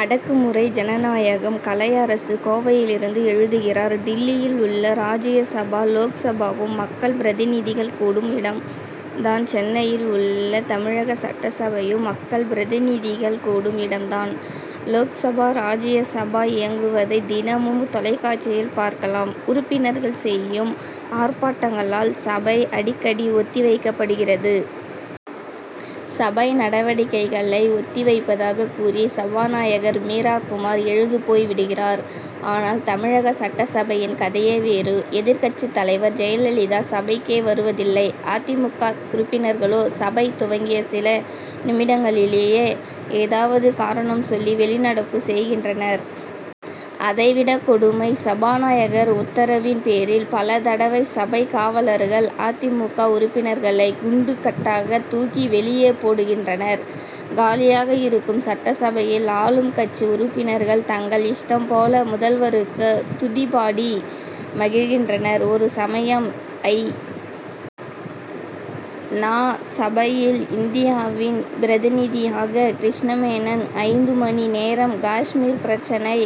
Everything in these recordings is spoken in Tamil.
அடக்கு முறை ஜனநாயகம்! கலை அரசு கோவையிலிருந்து எழுதுகிறார் டில்லியில் உள்ள ராஜ்யசபா லோக்சபாவும் மக்கள் பிரதிநிதிகள் கூடும் இடம் தான் சென்னையில் உள்ள தமிழக சட்டசபையும் மக்கள் பிரதிநிதிகள் கூடும் இடம் தான். லோக்சபா ராஜ்யசபா இயங்குவதை தினமும் தொலைக்காட்சியில் பார்க்கலாம். உறுப்பினர்கள் செய்யும் ஆர்ப்பாட்டங்களால் சபை அடிக்கடி ஒத்தி வைக்கப்படுகிறது. சபை நடவடிக்கைகளை ஒத்தி வைப்பதாகக் கூறி சபாநாயகர் மீரா குமார் எழுந்து போய் விடுகிறார். ஆனால் தமிழக சட்டசபையின் கதை யே வேறு. எதிர்க்கட்சித் தலைவர் ஜெயலலிதா சபைக்கே வருவதில்லை. அ. தி. மு. க. உறுப்பினர்களோ சபை துவங்கிய சில நிமிடங்களிலேயே ஏதாவது காரணம் சொல்லி வெளிநடப்பு செய்கின்றனர். அதைவிட கொடுமை சபாநாயகர் உத்தரவின் பேரில் பல தடவை சபைக் காவலர்கள் அ. தி. மு. க. உறுப்பினர்களைக் குண்டுக் கட்டாகத் தூக்கி வெளியே போடுகின்றனர். காலியாக இருக்கும் சட்டசபையில் ஆளும் கட்சி உறுப்பினர்கள் தங்கள் இஷ்டம் போல முதல்வருக்கு துதிபாடி மகிழ்கின்றனர். ஒரு சமயம் ஐ. நா. சபையில் இந்தியாவின் பிரதிநிதியாக கிருஷ்ணமேனன் ஐந்து மணி நேரம் காஷ்மீர் பிரச்னை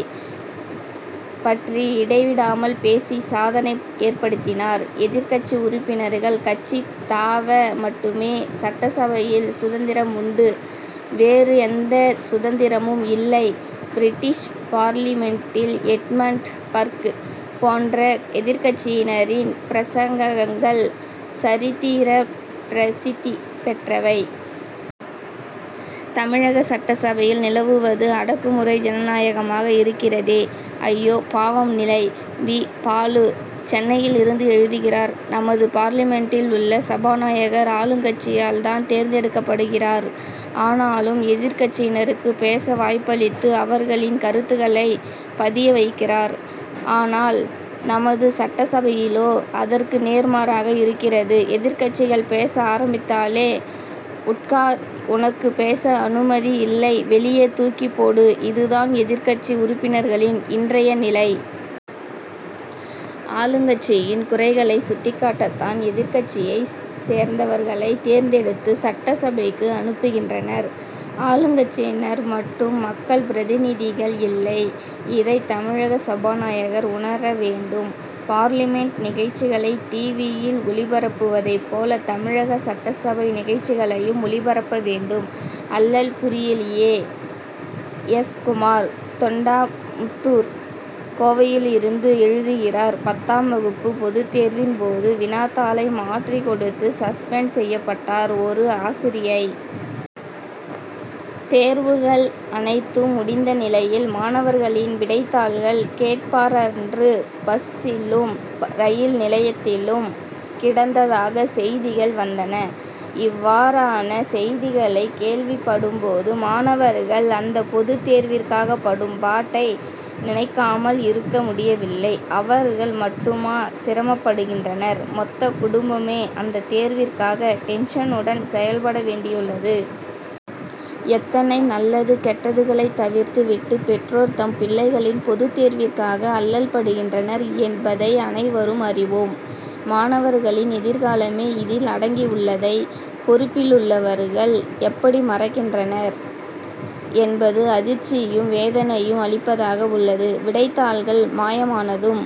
பற்றி இடைவிடாமல் பேசி சாதனை ஏற்படுத்தினார். எதிர்க்கட்சி உறுப்பினர்கள் கட்சி தாவ மட்டுமே சட்டசபையில் சுதந்திரம் உண்டு வேறு எந்த சுதந்திரமும் இல்லை. பிரிட்டிஷ் பார்லிமென்டில் எட்மண்ட் பர்க் போன்ற எதிர்க்கட்சியினரின் பிரசங்கங்கள் சரித்திரப் பிரசித்தி பெற்றவை. தமிழக சட்டசபையில் நிலவுவது அடக்குமுறை ஜனநாயகமாக இருக்கிறதே! ஐயோ பாவம்நிலை! வி. பாலு சென்னையிலிருந்து எழுதுகிறார் நமது பார்லிமென்டில் உள்ள சபாநாயகர் ஆளுங்கட்சியால் தான் தேர்ந்தெடுக்கப்படுகிறார். ஆனாலும் எதிர்க்கட்சியினருக்கு பேச வாய்ப்பளித்து அவர்களின் கருத்துக்களை பதிய வைக்கிறார். ஆனால் நமது சட்டசபையிலோ அதற்கு நேர்மாறாக இருக்கிறது எதிர்க்கட்சிகள் பேச ஆரம்பித்தாலே உட் கார் உனக்கு பேச அனுமதி இல்லை வெளியே தூக்கிப் போடுஇதுதான் எதிர்க்கட்சி உறுப்பினர்களின் இன்றைய நிலை. ஆளுங்கட்சியின் குறைகளை சுட்டிக்காட்டத் தான் எதிர்க்கட்சியை சேர்ந்தவர்களை தேர்ந்தெடுத்து சட்டசபைக்கு அனுப்புகின்றனர். ஆளுங்கட்சியினர் மட்டும் மக்கள் பிரதிநிதிகள் இல்லை. இதை தமிழக சபாநாயகர் உணர வேண்டும். பார்லிமென்ட் நிகழ்ச்சிகளை டிவியில் ஒளிபரப்புவதை போல தமிழக சட்டசபை நிகழ்ச்சிகளையும் ஒளிபரப்ப வேண்டும். அல்லல்புரியலியே! எஸ். குமார் தொண்டாமுத்தூர் கோவையிலிருந்து எழுதுகிறார் பத்தாம் வகுப்பு பொதுத்தேர்வின் போது வினாத்தாளை மாற்றிக் கொடுத்து சஸ்பெண்ட் செய்யப்பட்டார் ஒரு ஆசிரியை. தேர்வுகள் அனைத்தும் முடிந்த நிலையில் மாணவர்களின் விடைத்தாள்கள் கேட்பாரன்று பஸ்சிலும் ரயில் நிலையத்திலும் கிடந்ததாக செய்திகள் வந்தன. இவ்வாறான செய்திகளைக் கேள்விப்படும் போது மாணவர்கள் அந்த பொதுத் தேர்விற்காக படும் பாட்டை நினைக்காமல் இருக்க முடியவில்லை. அவர்கள் மட்டுமா சிரமப்படுகின்றனர்? மொத்த குடும்பமே அந்த தேர்விற்காக டென்ஷனுடன் செயல்பட வேண்டியுள்ளது. எத்தனை நல்லது கெட்டதுகளை தவிர்த்து விட்டு பெற்றோர் தம் பிள்ளைகளின் பொதுத் தேர்விற்காக அல்லல்படுகின்றனர் என் பதை அனைவரும் அறிவோம். மாணவர்களின் எதிர்காலமே இதில் அடங்கி உள்ளதை பொறுப்பிலுள்ளவர்கள் எப்படி மறக்கின்றனர் என்பது அதிர்ச்சியும் வேதனையும் அளிப்பதாக உள்ளது. விடைத்தாள்கள் மாயமானதும்